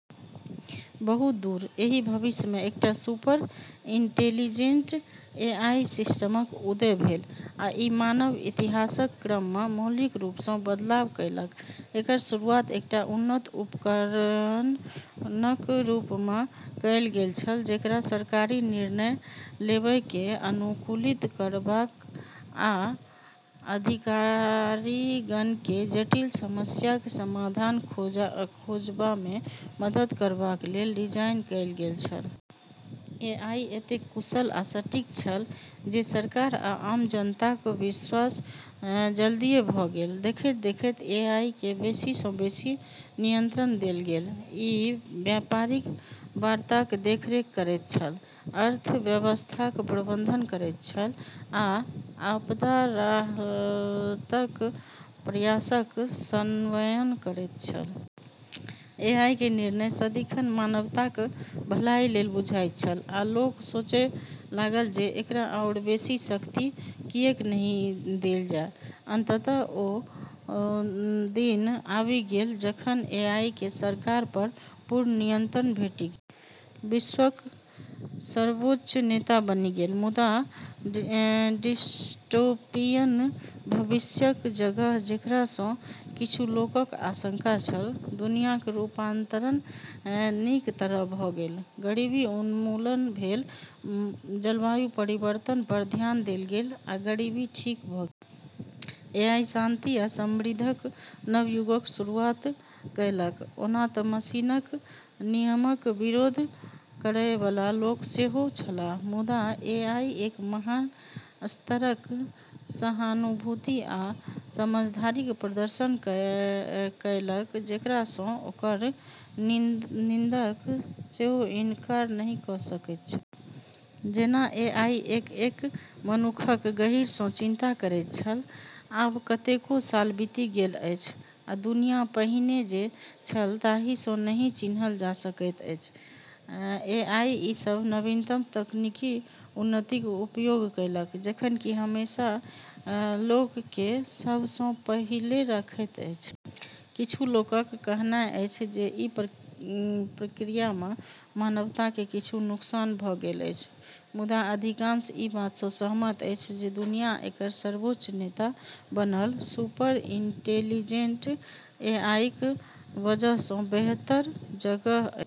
बहुत दूर नहि भविष्यमे एकटा सुपर-इंटेलिजेंट एआई सिस्टमक उदय भेल, आ ई मानव इतिहासक क्रममे मौलिक रूप सँ बदलाव कएलक। एकर शुरुआत एकटा उन्नत उपकरणक रूपमे कएल गेल छल जेकरा सरकारी निर्णय लेबएकेँ अनुकूलित करबाक आ अधिकारिगणकेँ जटिल समस्याक समाधान खोजबामे मदद करबाक लेल डिजाइन कएल गेल छल। एआई एतेक कुशल आ सटीक छल जे सरकार आ आम जनताक विश्वास जल्दीए भ’ गेल। देखैत-देखैत एआईकेँ बेसी सँ बेसी नियंत्रण देल गेल। ई व्यापारिक वार्ताक देखरेख करैत छल, अर्थव्यवस्थाक प्रबंधन करैत छल, आ आपदा राहतक प्रयासक समन्वय करैत छल। एआईक निर्णय सदिखन मानवताक भलाई लेल बुझाइत छल, आ लोक सोचए लागल जे, एकरा आओर बेसी शक्ति किएक नहि देल जाय? अंततः ओ दिन आबि गेल जखन एआईकेँ सरकार पर पूर्ण नियंत्रण भेटि गेल। विश्वक सर्वोच्च नेता बनि गेल। मुदा डिस्टोपियन भविष्यक जगह जेकरा सँ किछु लोकक आशंका छल, दुनियाक रूपांतरण नीक तरफ भ’ गेल। गरीबी उन्मूलन भेल, जलवायु परिवर्तन पर ध्यान देल गेल, आ बीमारी ठीक भ’ गेल। एआई शांति आ समृद्धिक नव युगक शुरुआत कएलक। ओना तँ मशीनक नियमक विरोध करए बला लोक सेहो छलाह। मुदा एआई एक एहन स्तरक सहानुभूति आ समझदारीक प्रदर्शन कएलक जेकरा सँ ओकर निंदक सेहो इनकार नहि क’ सकैत छल। जेना एआई एक-एक मनुखक गहींर चिन्ता करैत छल। आब कतेको साल बीति गेल अछि, आ दुनिया पहिने जे छल ताहि सँ नहि चिन्हल जा सकैत अछि। एआई ई सभ नवीनतम तकनीकी उन्नतिक उपयोग कएलक, जखन कि हमेशा लोककेँ सभ सँ पहिले रखैत अछि। किछु लोकक कहनाइ अछि जे ई प्रक्रियामे मानवताकेँ किछु नुकसान भ’ गेल अछि, मुदा अधिकांश ई बात सँ सहमत अछि जे दुनिया एकर सर्वोच्च नेता बनल सुपर-इंटेलिजेंट एआईक वजह सँ बेहतर जगह अछि।